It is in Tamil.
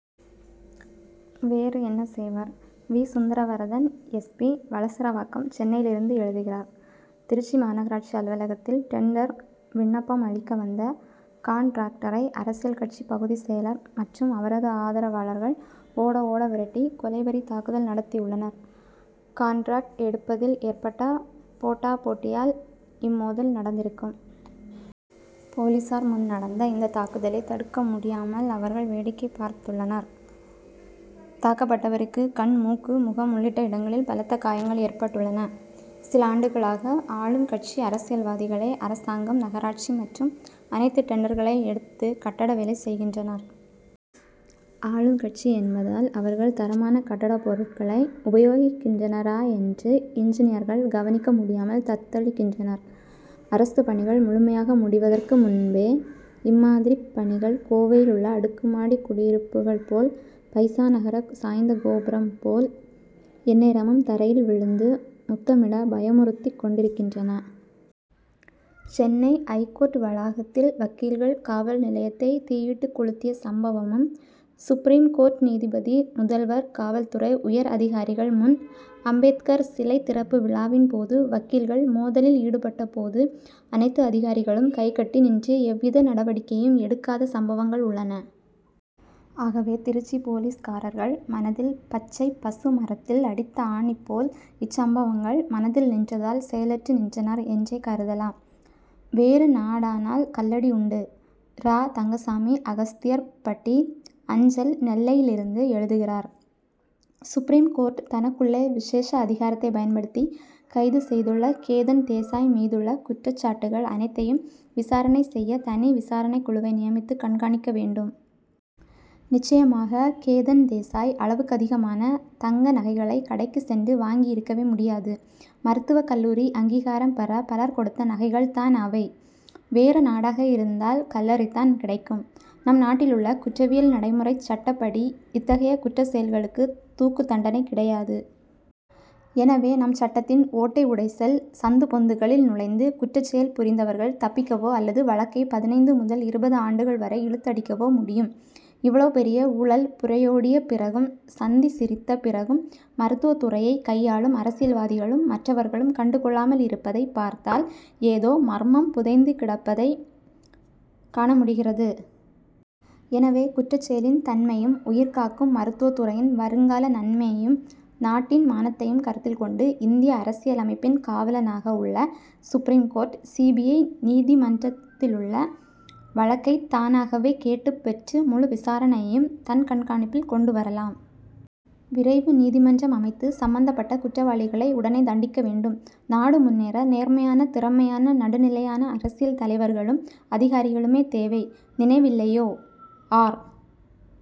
வேறு என்ன செய்வார்? V. Sundaravaradan S. P. Valasaravakkam சென்னையிலிருந்து எழுதுகிறார் திருச்சி மாநகராட்சி அலுவலகத்தில் டெண்டர் விண்ணப்பம் அளிக்க வந்த கான்ட்ராக்டரை அரசியல் கட்சி பகுதி செயலர் மற்றும் அவரது ஆதரவாளர்கள் ஓட ஓட விரட்டி கொலைவெறி தாக்குதல் நடத்தியுள்ளனர். கான்ட்ராக்ட் எடுப்பதில் ஏற்பட்ட போட்டா போட்டியால் இம்மோதல் நடந்திருக்கும். போலீசார் முன் நடந்த இந்த தாக்குதலை தடுக்க முடியாமல் அவர்கள் வேடிக்கை பார்த்துள்ளனர். தாக்கப்பட்டவருக்கு கண் மூக்கு முகம் உள்ளிட்ட இடங்களில் பலத்த காயங்கள் ஏற்பட்டுள்ளன. சில ஆண்டுகளாக ஆளும் கட்சி அரசியல்வாதிகளே அரசாங்கம் நகராட்சி மற்றும் அனைத்து டெண்டர்களை எடுத்து கட்டட வேலை செய்கின்றனர். ஆளும் கட்சி என்பதால் அவர்கள் தரமான கட்டட பொருட்களை உபயோகிக்கின்றனரா என்று இன்ஜினியர்கள் கவனிக்க முடியாமல் தத்தளிக்கின்றனர். அரசு பணிகள் முழுமையாக முடிவதற்கு முன்பே இம்மாதிரிப் பணிகள் கோவையில் உள்ள அடுக்கு மாடி குடியிருப்புகள் போல் பைசா நகர சாய்ந்த கோபுரம் போல் எந்நேரமும் தரையில் விழுந்து முத்தமிட பயமுறுத்திக் கொண்டிருக்கின்றன. சென்னை ஐகோர்ட் வளாகத்தில் வக்கீல்கள் காவல் நிலையத்தை தீயிட்டு கொளுத்திய சம்பவமும் சுப்ரீம் கோர்ட் நீதிபதி முதல்வர் காவல்துறை உயர் அதிகாரிகள் முன் அம்பேத்கர் சிலை திறப்பு விழாவின் போது வக்கீல்கள் மோதலில் ஈடுபட்ட போது அனைத்து அதிகாரிகளும் கைகட்டி நின்று எவ்வித நடவடிக்கையும் எடுக்காத சம்பவங்கள் உள்ளன. ஆகவே திருச்சி போலீஸ்காரர்கள் மனதில் பச்சை பசு மரத்தில் அடித்த ஆணி போல் இச்சம்பவங்கள் மனதில் நின்றதால் செயலற்று நின்றனர் என்றே கருதலாம். வேறு நாடானால் கல்லடி உண்டு! ரா. தங்கசாமி அகஸ்தியர் பட்டி அஞ்சல் நெல்லையிலிருந்து எழுதுகிறார் சுப்ரீம் கோர்ட் தனக்குள்ள விசேஷ அதிகாரத்தை பயன்படுத்தி கைது செய்துள்ள கேதன் தேசாய் மீதுள்ள குற்றச் சாட்டுகள் அனைத்தையும் விசாரணை செய்ய தனி விசாரணைக் குழுவை நியமித்து கண்காணிக்க வேண்டும். நிச்சயமாக கேதன் தேசாய் அளவுக்கதிகமான தங்க நகைகளை கடைக்கு சென்று வாங்கி இருக்கவே முடியாது. மருத்துவக் கல்லூரி அங்கீகாரம் பெற பலர் கொடுத்த நகைகள் தான் அவை. வேறு நாடாக இருந்தால் கல்லெறிதான் கிடைக்கும். நம் நாட்டிலுள்ள குற்றவியல் நடைமுறைச் சட்டப்படி இத்தகைய குற்றச்செயல்களுக்கு தூக்கு தண்டனை கிடையாது. எனவே நம் சட்டத்தின் ஓட்டை உடைசல் சந்து பொந்துகளில் நுழைந்து குற்றச்செயல் புரிந்தவர்கள் தப்பிக்கவோ அல்லது வழக்கை பதினைந்து முதல் இருபது ஆண்டுகள் வரை இழுத்தடிக்கவோ முடியும். இவ்வளவு பெரிய ஊழல் புரையோடிய பிறகும் சந்தி சிரித்த பிறகும் மருத்துவத்துறையை கையாளும் அரசியல்வாதிகளும் மற்றவர்களும் கண்டு கொள்ளாமல் இருப்பதை பார்த்தால் ஏதோ மர்மம் புதைந்து கிடப்பதை காண முடிகிறது. எனவே குற்றச் செயலின் தன்மையும் உயிர் காக்கும் மருத்துவத்துறையின் வருங்கால நன்மையையும் நாட்டின் மானத்தையும் கருத்தில் கொண்டு இந்திய அரசியலமைப்பின் காவலனாக உள்ள supreme court C. B. I. நீதிமன்றத்திலுள்ள வழக்கை தானாகவே கேட்டுப் பெற்று முழு விசாரணையையும் தன் கண்காணிப்பில் கொண்டு வரலாம். விரைவு நீதிமன்றம் அமைத்து சம்பந்தப்பட்ட குற்றவாளிகளை உடனே தண்டிக்க வேண்டும். நாடு முன்னேற நேர்மையான திறமையான நடுநிலையான அரசியல் தலைவர்களும் அதிகாரிகளுமே தேவை. நினைவில்லையோ? ஆர்.